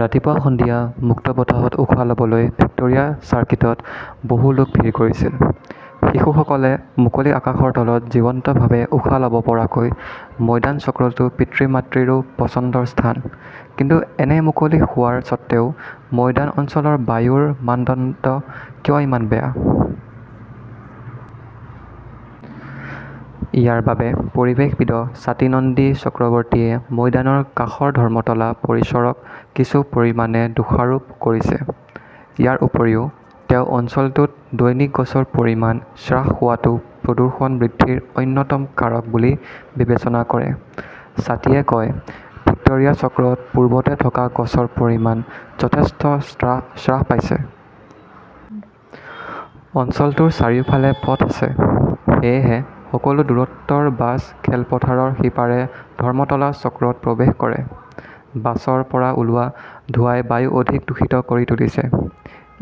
ৰাতিপুৱা-সন্ধিয়া মুক্ত বতাহত উশাহ ল "বলৈ ভিক্টোৰিয়া চাৰ্কিটত বহু লোক ভিৰ কৰিছিল। শিশুসকলে মুকলি আকাশৰ তলত জীৱন্তভাৱে উশাহ ল "ব পৰাকৈ ময়দান চক্ৰটো পিতৃ-মাতৃৰো পচন্দৰ স্থান। কিন্তু এনে মুকলি হোৱাৰ স্বত্ত্বেও ময়দান অঞ্চলৰ বায়ুৰ মানদণ্ড কিয় ইমান বেয়া? ইয়াৰ বাবে পৰিৱেশবিদ স্বাতী নন্দী চক্ৰৱৰ্তীয়ে ময়দানৰ কাষৰ ধৰ্মতলা পৰিসৰক কিছু পৰিমাণে দোষাৰোপ কৰিছে। ইয়াৰ উপৰিও, তেওঁ অঞ্চলটোত দৈনিক গছৰ পৰিমাণ হ্ৰাস হোৱাটো প্ৰদূষণ বৃদ্ধিৰ অন্যতম কাৰক বুলি বিবেচনা কৰে। স্বাতীয়ে কয়, "ভিক্টোৰিয়া চক্ৰত পূৰ্বতে থকা গছৰ পৰিমাণ যথেষ্ট হ্ৰাস পাইছে। অঞ্চলটোৰ চাৰিওফালে পথ আছে। সেয়েহে, সকলো দূৰত্বৰ বাছ খেলপথাৰৰ সিপাৰে ধৰ্মতলা চক্ৰত প্ৰৱেশ কৰে। বাছৰ পৰা ওলোৱা ধোঁৱাই বায়ু অধিক দূষিত কৰি তুলিছে।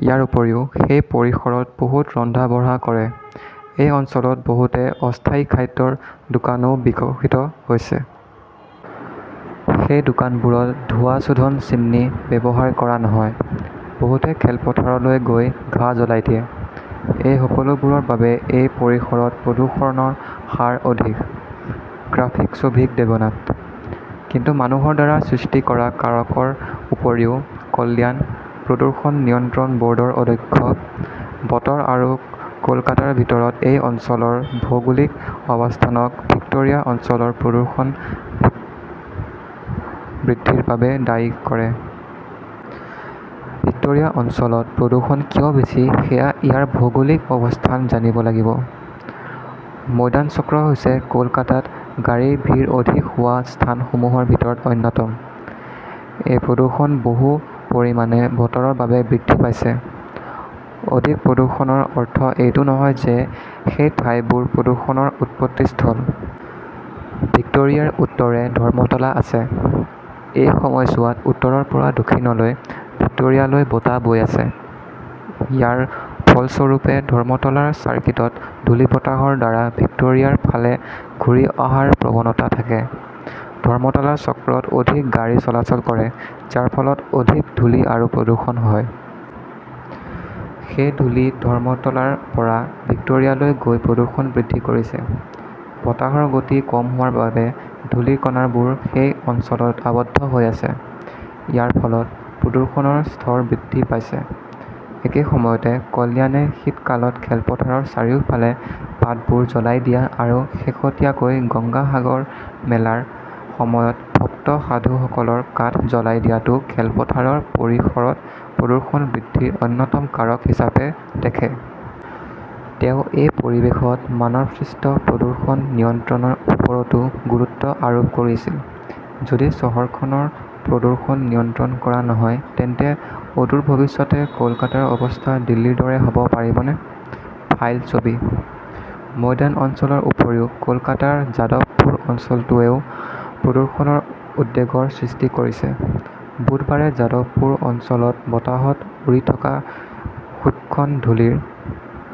ইয়াৰ উপৰিও, সেই পৰিসৰত বহুতে ৰন্ধা-বঢ়া কৰে। এই অঞ্চলত বহুতো অস্থায়ী খাদ্যৰ দোকানও বিকশিত হৈছে। সেই দোকানবোৰত ধোঁৱা শোধন চিমনী ব্যৱহাৰ কৰা নহয়। বহুতে খেলপথাৰলৈ গৈ ঘাঁহ জ্বলাই দিয়ে। এই সকলোবোৰৰ বাবেই এই পৰিসৰত প্ৰদূষণৰ হাৰ অধিক। "গ্ৰাফিকঃ শ্বৌভিক দেৱনাথ। কিন্তু মানুহৰ দ্বাৰা সৃষ্টি কৰা কাৰকৰ উপৰিও, কল্যাণ, প্ৰদূষণ নিয়ন্ত্ৰণ ব "ৰ্ডৰ অধ্যক্ষ, বতৰ আৰু কলকাতাৰ ভিতৰত এই অঞ্চলৰ ভৌগোলিক অৱস্থানক ভিক্টোৰিয়া অঞ্চলৰ প্ৰদূষণ বৃদ্ধিৰ বাবে দায়ী কৰে। "ভিক্টোৰিয়া অঞ্চলত প্ৰদূষণ কিয় বেছি সেয়া ইয়াৰ ভৌগোলিক অৱস্থান জানিব লাগিব। ময়দান চক্ৰ হৈছে কলকাতাত গাড়ীৰ ভিৰ অধিক হোৱা স্থানসমূহৰ ভিতৰত অন্যতম। এই প্ৰদূষণ বহু পৰিমাণে বতৰৰ বাবে বৃদ্ধি পাইছে। অধিক প্ৰদূষণৰ অৰ্থ এইটো নহয় যে সেই ঠাইবোৰ প্ৰদূষণৰ উৎপত্তিস্থল। ভিক্টোৰিয়াৰ উত্তৰে ধৰ্মতলা আছে। এই সময়ছোৱাত উত্তৰৰ পৰা দক্ষিণলৈ ভিক্টোৰিয়ালৈ বতাহ বৈ আছে। ইয়াৰ ফলস্বৰূপে ধৰ্মতলাৰ চাৰ্কিটত ধূলি বতাহৰ দ্বাৰা ভিক্টোৰিয়াৰ ফালে ঘূৰি অহাৰ প্ৰৱণতা থাকে। ধৰ্মতলা চক্ৰত অধিক গাড়ী চলাচল কৰে, যাৰ ফলত অধিক ধূলি আৰু প্ৰদূষণ হয়। সেই ধূলি ধৰ্মতলাৰ পৰা ভিক্টোৰিয়ালৈ গৈ প্ৰদূষণ বৃদ্ধি কৰিছে। বতাহৰ গতি কম হোৱাৰ বাবে ধূলিৰ কণাবোৰ সেই অঞ্চলত আবদ্ধ হৈ আছে। ইয়াৰ ফলত প্ৰদূষণৰ স্তৰ বৃদ্ধি পাইছে। "একে সময়তে, কল্যাণে শীতকালত খেলপথাৰৰ চাৰিওফালৰ পাতবোৰ জ্বলাই দিয়া আৰু শেহতীয়াকৈ গংগা সাগৰ মেলাৰ সময়ত ভক্ত সাধুসকলৰ কাঠ জ্বলাই দিয়াটো খেলপথাৰৰ পৰিসৰত প্ৰদূষণ বৃদ্ধিৰ অন্যতম কাৰণ হিচাপে দেখে। তেওঁ এই পৰিৱেশত মানৱসৃষ্ট প্ৰদূষণ নিয়ন্ত্ৰণৰ ওপৰতো গুৰুত্ব আৰোপ কৰিছিল। যদি চহৰখনৰ প্ৰদূষণ নিয়ন্ত্ৰণ কৰা নহয় তেন্তে অদূৰ ভৱিষ্যতে কলকাতাৰ অৱস্থা দিল্লীৰ দৰে হ "ব পাৰিবনে? ফাইল ছবি। ময়দান অঞ্চলৰ উপৰিও কলকাতাৰ যাদৱপুৰ অঞ্চলটোৱেও প্ৰদূষণৰ উদ্বেগৰ সৃষ্টি কৰিছে। বুধবাৰে যাদৱপুৰ অঞ্চলত বতাহত উৰি থকা সূক্ষ্ম ধূলিৰ